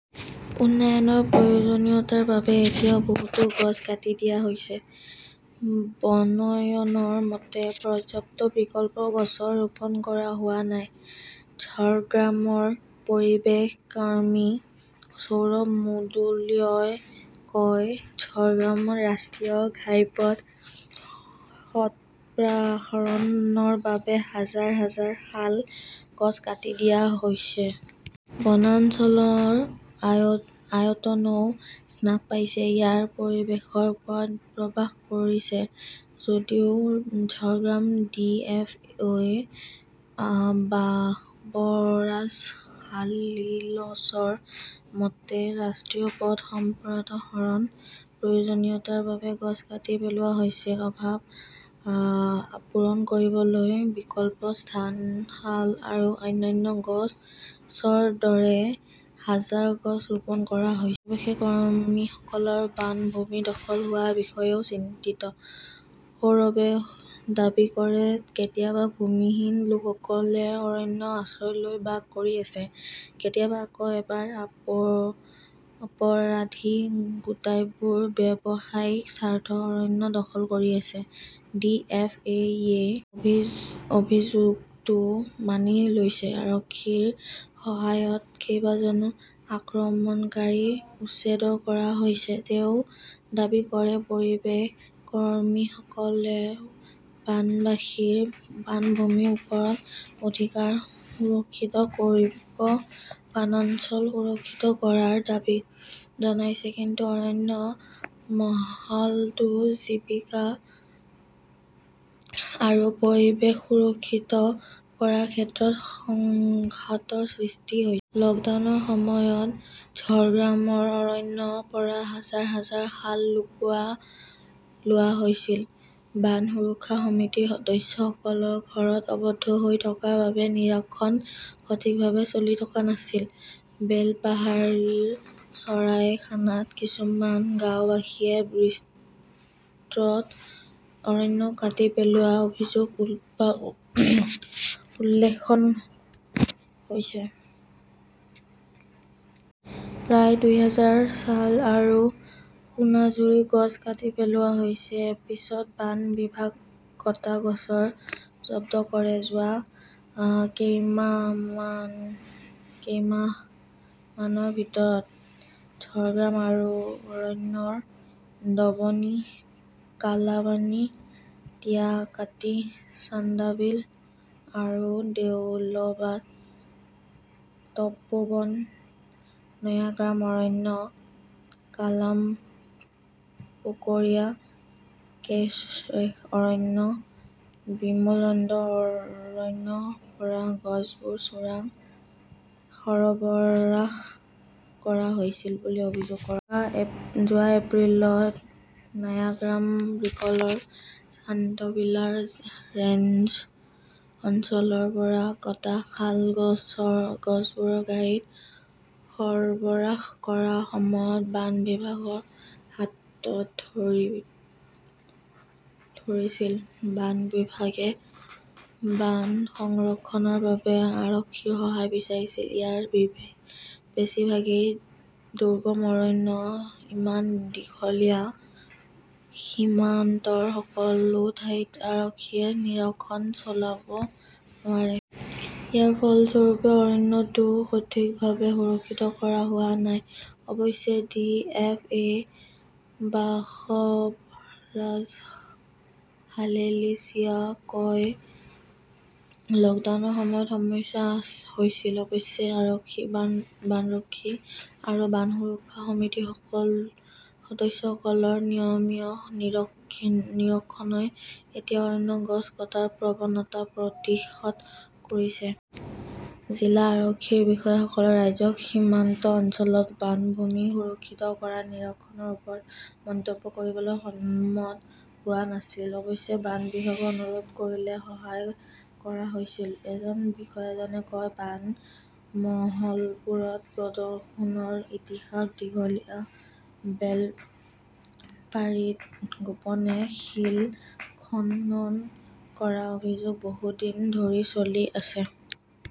উন্নয়নৰ প্ৰয়োজনীয়তাৰ বাবে এতিয়াও বহুতো গছ কাটি দিয়া হৈছে। বনইনৰ মতে পৰ্যাপ্ত বিকল্প গছ ৰোপণ কৰা হোৱা নাই। ঝাৰগ্ৰামৰ পৰিৱেশ কৰ্মী সৌৰভ মুদলিয়েও কয়, ঝাৰগ্ৰামত ৰাষ্ট্ৰীয় ঘাইপথ সম্প্ৰসাৰণৰ বাবে হাজাৰ- হাজাৰ শাল গছ কাটি দিয়া হৈছে। বনাঞ্চলৰ আয়তনও হ্ৰাস পাইছে। ইয়াৰ পৰিৱেশৰ ওপৰত প্ৰভাৱ পৰিছে ,যদিও ঝাৰগ্ৰামৰ ডি .এফ .অ বাসৱৰাজ হালেলিচিৰ মতে, ৰাষ্ট্ৰীয় পথ সম্প্ৰসাৰণৰ প্ৰয়োজনীয়তাৰ বাবে গছ কাটি পেলোৱা হৈছিল। অভাৱ পূৰণ কৰিবলৈ বিকল্প স্থানত শাল আৰু অন্যান্য গছৰ দৰে হাজাৰ গছ ৰোপণ কৰা হৈছে। পৰিৱেশ কৰ্মীসকলে বনভূমি দখল হোৱাৰ বিষয়েও চিন্তিত। সৌৰভে দাবী কৰে, কেতিয়াবা ভূমিহীন লোকসকলে অৰণ্যত আশ্ৰয় লৈ বাস কৰি আছে। কেতিয়াবা আকৌ এবাৰ অপৰাধী গোটবোৰে ব্যৱসায়িক স্বাৰ্থত অৰণ্য দখল কৰি আছে। ডি .এফ .অ.য়ে অভিযোগটো মানি লৈছে। আৰক্ষীৰ সহায়ত কেইবাজনো আক্ৰমণকাৰীক উচ্ছেদ কৰা হৈছে, তেওঁ দাবী কৰে। পৰিৱেশ কৰ্মীসকলেও বনবাসীৰ বনভূমিৰ ওপৰত অধিকাৰ সুৰক্ষিত কৰি বনাঞ্চল সুৰক্ষিত কৰাৰ দাবী জনাইছে। কিন্তু অৰণ্য মহলতো জীৱিকা-জীৱিকা আৰু পৰিৱেশ সুৰক্ষিত কৰাৰ ক্ষেত্ৰত সংঘাতৰ সৃষ্টি হৈছে। লকডাউনৰ সময়ত ঝাৰগ্ৰামৰ অৰণ্যৰ পৰা হাজাৰ- হাজাৰ শাল লুকুৱাই লোৱা হৈছিল। বন সুৰক্ষা সমিতিৰ সদস্যসকল ঘৰত আবদ্ধ হৈ থকাৰ বাবে নিৰীক্ষণ সঠিকভাৱে চলি থকা নাছিল। বেলপাহাড়ীৰ চৰাইখানাত কিছুমান গাওঁবাসীয়ে বিস্তৃত অৰণ্য কাটি পেলোৱাৰ অভিযোগ উত্থাপন হৈছে। প্ৰায় দুই হাজাৰ শাল আৰু সোনাঝুৰী গছ কাটি পেলোৱা হৈছিল, পিছত বন বিভাগে কটা গছবোৰ জব্দ কৰে। যোৱা কেইমাহমানৰ ভিতৰত ঝাৰগ্ৰাম অৰণ্যৰ ধৱনী, কালাবনী, টিয়াকাটী, চান্দাবিলা অৰণ্যৰ দেউলবাদ, তপোবন, নয়াগ্ৰাম অৰণ্যৰ কালামাপুকৌৰিয়া, কেশৰেখা অৰণ্যৰ বালিমুণ্ডা অৰণ্যৰ পৰা গছবোৰ চোৰাং সৰবৰাহ কৰা হৈছিল বুলি অভিযোগ কৰা হৈছে। যোৱা এপ্ৰিলত নায়াগ্ৰাম ব্লকৰ চান্দাবিলা ৰেঞ্জ অঞ্চলৰ পৰা কটা শাল গছবোৰ গাড়ীত সৰবৰাহ কৰাৰ সময়ত বন বিভাগে হাতত ধৰি -ধৰিছিল। বন বিভাগে বন সংৰক্ষণৰ বাবে আৰক্ষীৰ সহায় বিচাৰিছিল। ইয়াৰ বেছিভাগেই দুৰ্গম অৰণ্য। ইমান দীঘলীয়া সীমান্তৰ সকলো ঠাইতে আৰক্ষীয়ে নিৰীক্ষণ চলাব নোৱাৰে। ইয়াৰ ফলস্বৰূপে, অৰণ্যটো সঠিকভাৱে সুৰক্ষিত কৰা হোৱা নাই। অৱশ্যে ডি এফ অ বাসৱৰাজ হালেলিচীয়ে কয়, লকডাউনৰ সময়ত সমস্যা হৈছিল। অৱশ্যে, আৰক্ষী, বনৰক্ষী আৰু বন সুৰক্ষা সমিতিৰ সদস্যসকলৰ নিয়মীয়া নিৰীক্ষণই এতিয়া অৰণ্যত গছ কটাৰ প্ৰৱণতা প্ৰতিহত কৰিছে। জিলা আৰক্ষীৰ বিষয়াসকলে ৰাজ্যিক সীমান্ত অঞ্চলত বনভূমি সুৰক্ষিত কৰাৰ নিৰীক্ষণৰ ওপৰত মন্তব্য কৰিবলৈ সন্মত হোৱা নাছিল। অৱশ্যে, বন বিভাগে অনুৰোধ কৰিলে সহায় কৰা হৈছিল, এজন বিষয়াজনে কয়, বন মহলবোৰত প্ৰদূষণৰ ইতিহাসও দীঘলীয়া। বেলপাৰীত গোপনে শিল খনন কৰাৰ অভিযোগ বহু দিন ধৰি চলি আছে।